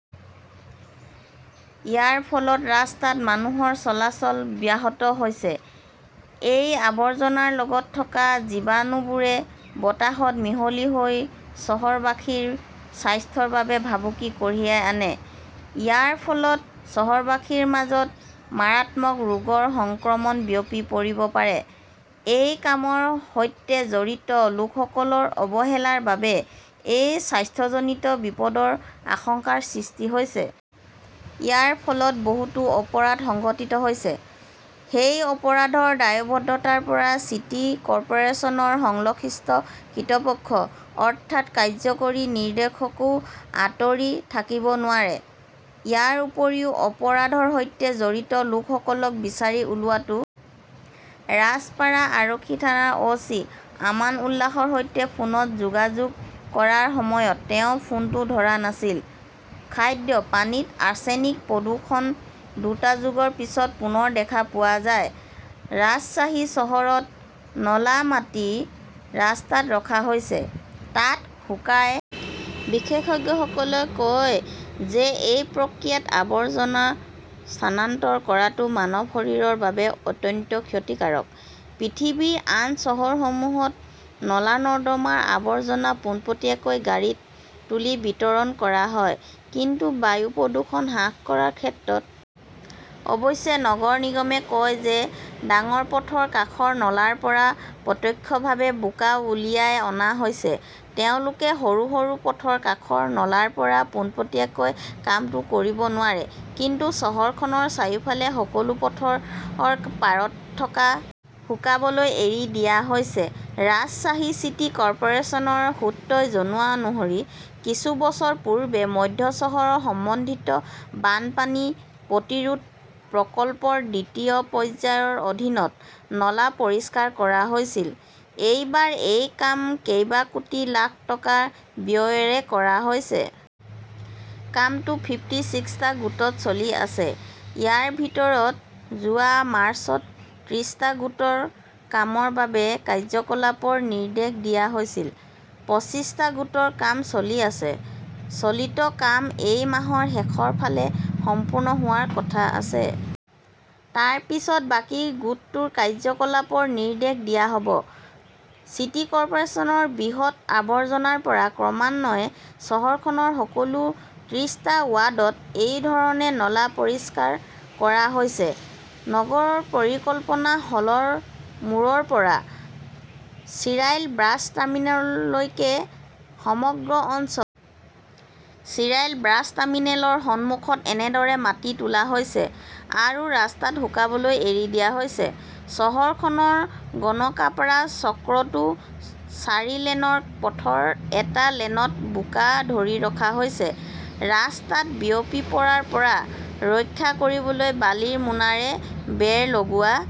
ইয়াৰ ফলত ৰাস্তাত মানুহৰ চলাচল ব্যাহত হৈছে। এই আৱৰ্জনাৰ লগত থকা জীৱাণুবোৰে বতাহত মিহলি হৈ চহৰবাসীৰ স্বাস্থ্যৰ বাবে ভাবুকি কঢ়িয়াই আনে। ইয়াৰ ফলত চহৰবাসীৰ মাজত মাৰাত্মক ৰোগৰ সংক্ৰমণ বিয়পি পৰিব পাৰে। এই কামৰ সৈতে জড়িত লোকসকলৰ অৱহেলাৰ বাবে এই স্বাস্থ্যজনীত বিপদৰ আশংকাৰ সৃষ্টি হৈছে। ইয়াৰ ফলত বহুতো অপৰাধ সংঘটিত হৈছে। সেই অপৰাধৰ দায়বদ্ধতাৰ পৰা চিটি কৰ্পোৰেচনৰ সংশ্লিষ্ট কৰ্তৃপক্ষ, অৰ্থাৎ কাৰ্য্যকৰী নিৰ্দেশকও আঁতৰি থাকিব নোৱাৰে। ইয়াৰ উপৰিও, অপৰাধৰ সৈতে জড়িত লোকসকলক বিচাৰি উলিওৱাটো প্ৰয়োজনীয়। একে সময়তে, পৰৱৰ্তী মে' মাহৰ ভিতৰত তদন্ত আৰু আদালতত প্ৰতিবেদন দাখিল কৰিবলৈ কোৱা হৈছে। ৰাজপাৰা আৰক্ষী থানাৰ অ' চি আমান উল্লাহৰ সৈতে ফোনত যোগাযোগ কৰাৰ সময়ত তেওঁ ফোনটো ধৰা নাছিল। খাদ্য পানীত আৰ্ছেনিক প্ৰদূষণ দুটা যুগৰ পিছত পুনৰ দেখা পোৱা যায়। ৰাজশ্বাহী চহৰত নলা মাটি ৰাস্তাত ৰখা হৈছে, তাত শুকাই যায় আৰু তাৰ পিছত ৱাডা লৈ যোৱা হয়। বিশেষজ্ঞসকলে কয় যে, এই প্ৰক্ৰিয়াত আৱৰ্জনা স্থানান্তৰ কৰাটো মানৱ শৰীৰৰ বাবে অত্যন্ত ক্ষতিকাৰক। পৃথিৱীৰ আন চহৰসমূহত নলা-নৰ্দমাৰ আৱৰ্জনা পোনপটীয়াকৈ গাড়ীত তুলি বিতৰণ কৰা হয়। কিন্তু বায়ু প্ৰদূষণ হ্ৰাস কৰাৰ ক্ষেত্ৰত ৰাজশ্বাহীক বিশ্বৰ শ্ৰেষ্ঠ চহৰ হিচাপে স্বীকৃতি দিয়া হৈছে। অৱশ্যে, নগৰ নিগমে কয় যে ডাঙৰ পথৰ কাষৰ নলাৰ পৰা প্ৰত্যক্ষভাৱে বোকা উলিয়াই অনা হৈছে। তেওঁলোকে সৰু সৰু পথৰ কাষৰ নলাৰ পৰা পোনপটীয়াকৈ কামটো কৰিব নোৱাৰে। কিন্তু চহৰখনৰ চাৰিওফালে সকলো পথৰ পাৰত থকা নলা-নৰ্দমাৰ পৰা একে ধৰণে বোকা উলিওৱা দেখা গৈছে। শুকাবলৈ এৰি দিয়া হৈছে। ৰাজশ্বাহী চিটি কৰ্পোৰেচনৰ সূত্ৰই জনোৱা অনুসৰি কিছু বছৰ পূৰ্বে মধ্য চহৰ সমন্বিত বানপানী প্ৰতিৰোধ প্ৰকল্পৰ দ্বিতীয় পৰ্যায়ৰ অধীনত নলা পৰিষ্কাৰ কৰা হৈছিল। এইবাৰ এই কাম কেইবা কোটি লাখ টকা ব্যয়েৰে কৰা হৈছে। কামটো ফিফ্টি চিক্সটা গোটত চলি আছে। ইয়াৰ ভিতৰত, যোৱা মাৰ্চত ত্ৰিশটা গোটৰ কামৰ বাবে কাৰ্য্যকলাপৰ নিৰ্দেশ দিয়া হৈছিল। পঁচিশটা গোটৰ কাম চলি আছে। চলিত কাম এই মাহৰ শেষৰ ফালে সম্পূৰ্ণ হোৱাৰ কথা আছে। তাৰ পিছত বাকী গোটটোৰ কাৰ্য্যকলাপৰ নিৰ্দেশ দিয়া হ'ব। চিটি কৰ্পোৰেচনৰ বৃহৎ আৱৰ্জনাৰ পৰা ক্ৰমান্বয়ে চহৰখনৰ সকলো ত্ৰিশটা ৱাৰ্ডত এই ধৰণে নলা পৰিষ্কাৰ কৰা হৈছে। নগৰৰ কল্পনা হলৰ মূৰৰ পৰা শ্বিৰাইল বাছ টাৰ্মিনেল লৈকে সমগ্ৰ অঞ্চলজুৰি পথৰ কাষত বোকা ধৰি ৰখা হৈছে। শ্বিৰাইল বাছ টাৰ্মিনেলৰ সন্মুখত একেধৰণে মাটি তোলা হৈছে আৰু ৰাস্তাত শুকাবলৈ এৰি দিয়া হৈছে। চহৰখনৰ গণকাপাড়া চক্ৰতো চাৰি লেনৰ পথৰ এটা লেনত বোকা ধৰি ৰখা হৈছে। ৰাস্তাত বিয়পি পৰাৰ পৰা ৰক্ষা কৰিবলৈ বালিৰ মোনাৰে বেৰ লগোৱা হৈছে।